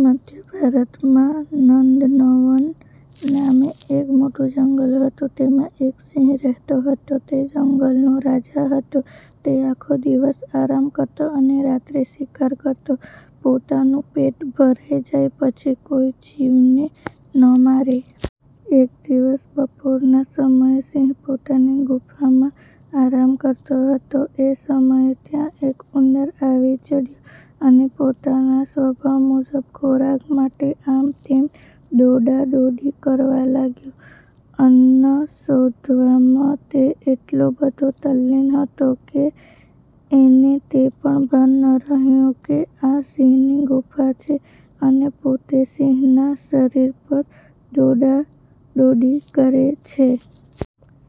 મધ્ય ભારતમાં નંદનવન નામે એક મોટું જંગલ હતું. તેમાં એક સિંહ રહેતો હતો. તે જંગલનો રાજા હતો. તે આખો દિવસ આરામ કરતો અને રાત્રે શિકાર કરતો. પોતાનું પેટ ભરાઈ જાય પછી કોઈ જીવને ન મારે. એક દિવસ બપોરના સમયે સિંહ પોતાની ગુફામાં આરામ કરતો હતો. એ સમયે ત્યાં એક ઉંદર આવી ચઢ્યો અને પોતાના સ્વભાવ મુજબ ખોરાક માટે આમતેમ દોડાદોડી કરવા લાગ્યો. અન્ન શોધવામાં તે એટલો બધો તલ્લીન હતો કે એને તે પણ ભાન ન રહ્યું કે આ સિંહની ગુફા છે અને પોતે સિંહના શરીર પર દોડાદોડી કરે છે.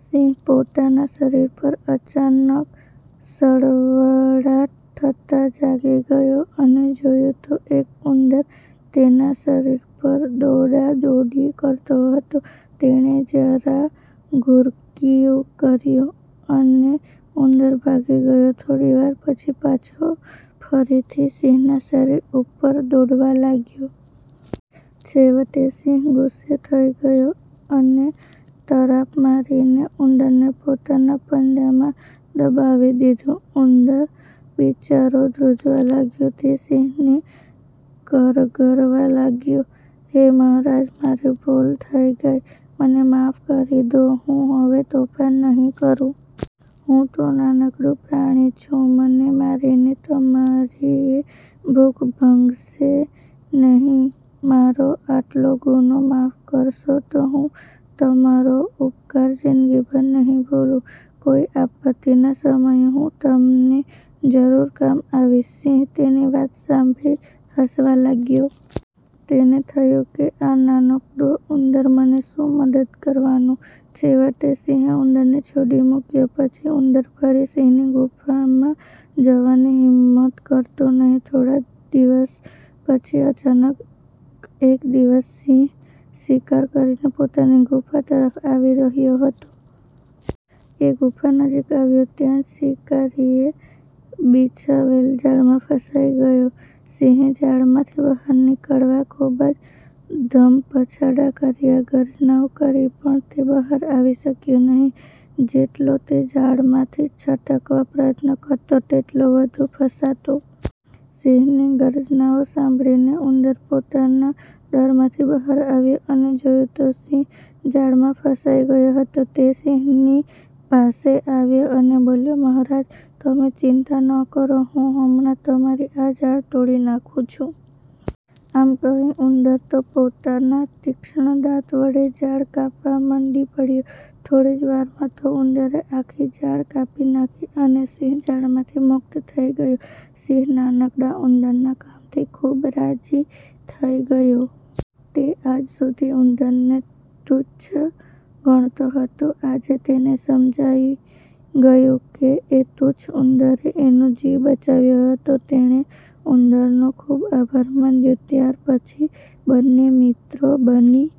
સિંહ પોતાના શરીર પર અચાનક સળવળાટ થતાં જાગી ગયો અને જોયું તો એક ઉંદર તેના શરીર પર દોડાદોડી કરતો હતો. તેણે જરા ઘુરકિયું કર્યું, અને ઉંદર ભાગી ગયો. થોડીવાર પછી પાછો ફરીથી સિંહના શરીર ઉપર દોડવા લાગ્યો. છેવટે સિંહ ગુસ્સે થઈ ગયો અને તરાપ મારીને ઉંદરને પોતાના પંજામાં દબાવી દીધો. ઉંદર બિચારો ધ્રૂજવા લાગ્યો. તે સિંહને કરગરવા લાગ્યો " હે મહારાજ! મારી ભૂલ થઈ ગઈ, મને માફ કરી દો. હું હવે તોફાન નહિ કરું. હું તો નાનકડું પ્રાણી છું મને મારીને તમારીએ ભૂખ ભંગશે નહીં. મારો આટલો ગુનો માફ કરશો તો હું તમારો ઉપકાર જિંદગીભર નહિ ભૂલું. કોઈ આપત્તિના સમયે હું તમને જરૂર કામ આવીશ. " સિંહ તેની વાત સાંભળી હસવા લાગ્યો. તેને થયું કે, આ નાનકડો ઉંદર મને શું મદદ કરવાનો? છેવટે સિંહે ઉંદરને છોડી મૂક્યો. પછી ઉંદર ફરી સિંહની ગુફામાં જવાની હિંમત કરતો નહિ. થોડા દિવસ પછી અચાનક એક દિવસ સિંહ શિકાર કરીને પોતાની ગુફા તરફ આવી રહ્યો હતો. એ ગુફા નજીક આવ્યો ત્યાં જ શિકારીએ બિછાવેલ જાળમાં ફસાઈ ગયો. સિંહે જાળમાંથી બહાર નીકળવા ખૂબ જ ધમપછાડા કર્યા, ગર્જનાઓ કરી, પણ તે બહાર આવી શક્યો નહિ. જેટલો તે જાળમાંથી છટકવા પ્રયત્ન કરતો તેટલો વધુ ફસાતો. સિંહની ગર્જનાઓ સાંભળીને ઉંદર પોતાના દરમાંથી બહાર આવ્યો અને જોયું તો સિંહ જાળમાં ફસાઈ ગયો હતો. તે સિંહની પાસે આવ્યો અને બોલ્યો" મહારાજ! તમે ચિંતા ન કરો. હું હમણાં તમારી આ જાળ તોડી નાખું છું. " આમ કહી ઉંદર તો પોતાના તીક્ષ્ણ દાંત વડે જાળ કાપવા મંડી પડ્યો. થોડી જ વારમાં તો ઉંદરે આખી જાળ કાપી નાખી અને સિંહ જાળમાંથી મુક્ત થઈ ગયો. સિંહ નાનકડા ઉંદરના કામથી ખૂબ રાજી થઈ ગયો. તે આજ સુધી ઉંદરને તુચ્છ ગણતો હતો. આજે તેને સમજાઈ ગયું કે એ તુચ્છ ઉંદરે એનો જીવ બચાવ્યો હતો. તેણે ઉંદરનો ખૂબ આભાર માન્યો. ત્યાર પછી બંને મિત્રો બની